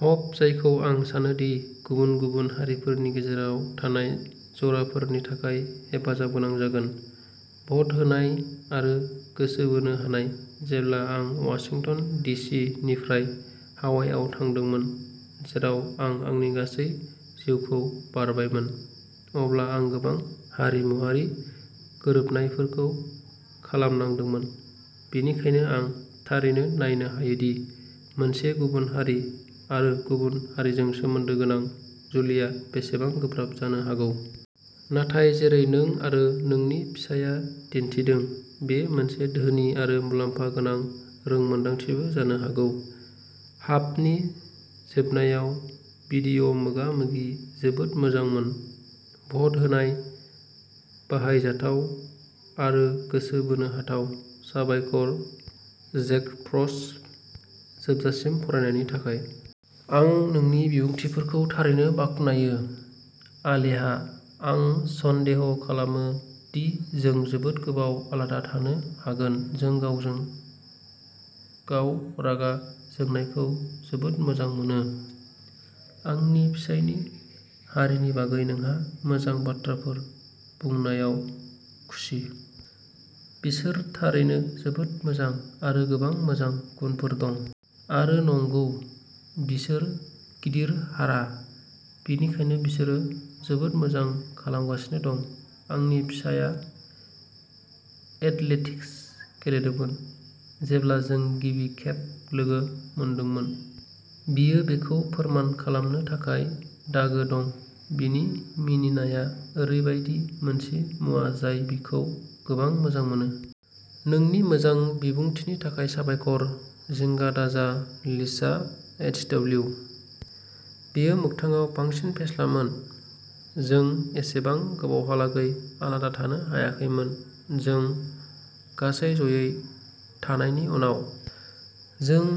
हब जायखौ आं सानो दि गुबुन गुबुन हारिफोरनि गेजेराव थानाय जराफोरनि थाखाय हेफाजाब गोनां जागोन। भट होनाय आरो गोसो बोनो हानाय। जेब्ला आं वाशिंटन डि. सि. निफ्राय हावाइआव थांदोंमोन, जेराव आं आंनि गासै जिउखौ बारबायमोन, अब्ला आं गोबां "हारिमुआरि" गोरोबनायफोरखौ खालामनांदोंमोन, बेनिखायनो आं थारैनो नायनो हायोदि मोनसे गुबुन हारि आरो गुबुन हारिजों सोमोन्दो गोनां जुलिया बेसेबां गोब्राब जानो हागौ। नाथाय, जेरै नों आरो नोंनि फिसाया दिन्थिदों, बेयो मोनसे धोनि आरो मुलाम्फा गोनां रोंमोनदांथिबो जानो हागौ। हाबनि जोबनायाव भिडिअ'मोगा-मोगिआ जोबोद मोजांमोन। भ'ट होनाय, बाहायजाथाव, आरो गोसो बोनो हाथाव। साबायखर, जेग्डफ्रस्ट, जोबजासिम फरायनायनि थाखाय। आं नोंनि बिबुंथिफोरखौ थारैनो बाख्नायो। आलोहा! आं सन्देह खालामो दि जों जोबोद गोबाव आलादा थानो हागोन-जों गावजों-गाव रागा जोंनायखौ जोबोद मोजां मोनो! आंनि फिसायनि हारिनि बागै नोंहा मोजां बाथ्राफोर बुंनायाव खुसि। बिसोर थारैनो जोबोद मोजां, आरो गोबां मोजां गुनफोर दं। आरो, नंगौ, बिसोर गिदिर हारा, बेनिखायनो बिसोरो जोबोद मोजां खालामगासिनो दं। आंनि फिसाया एथलेटिक्स गेलेदोंमोन जेब्ला जों गिबि खेब लोगो मोनदोंमोन। बियो बेखौ फोरमान खालामनो थाखाय दागो दं। बिनि मिनिनाया ओरैबायदि मोनसे मुवा जाय बिखौ गोबां मोजां मोनो। नोंनि मोजां बिबुंथिनि थाखाय साबायखर। जिंगा दाजा लिसा एइचडब्लिउ। बेयो मोगथाङाव बांसिन फेस्लामोन। जों एसेबां गोबावहालागै आलादा थानो हायाखैमोन, जों गासै जयै थानायनि उनाव। जों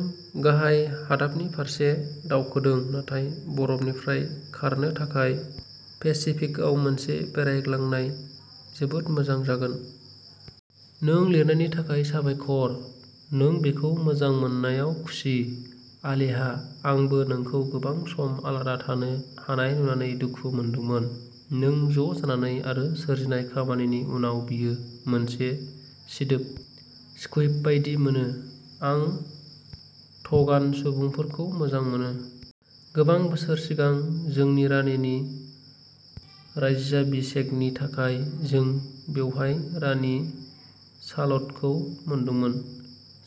गाहाय हादाबनि फारसे दावखोदों, नाथाय बरफनिफ्राय खारनो थाखाय पेसिफिकआव मोनसे बेरायग्लांनाय जोबोद मोजां जागोन। नों लिरनायनि थाखाय साबायखर। नों बेखौ मोजां मोननायाव खुसि। आलोहा! आंबो नोंखौ गोबां सम आलादा थानो हानाय नुनानै दुखु मोनदोंमोन। नों ज'जानानै आरो सोरजिनाय खामानिनि उनाव बेयो मोनसे सिदोब स्कुइब बायदि मोनो। आं ट'गान सुबुंफोरखौ मोजां मोनो। गोबां बोसोर सिगां, जोंनि रानिनि राज्याभिषेकनि थाखाय जों बेवहाय रानि साल'टखौ मोनदोंमोन।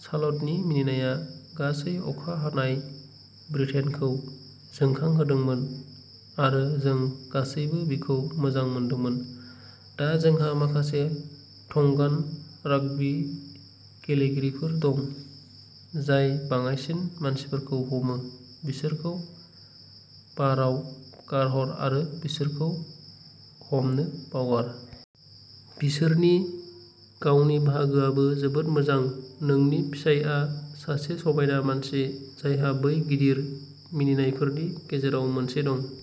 साल'टनि मिनिनाया गासै अखा हानाय ब्रिटेनखौ जोंखांहोदोंमोन आरो जों गासैबो बिखौ मोजां मोनदोंमोन। दा जोंहा माखासे टंगान राग्बी गेलेगिरिफोर दं, जाय बाङाइसिन मानसिफोरखौ हमो; बिसोरखौ बाराव गारहर आरो बिसोरखौ हमनो बावगार! बिसोरनि गावनि बाहागोआबो जोबोद मोजां। नोंनि फिसायआ सासे समायना मानसि, जायहा बै गिदिर मिनिनायफोरनि गेजेराव मोनसे दं।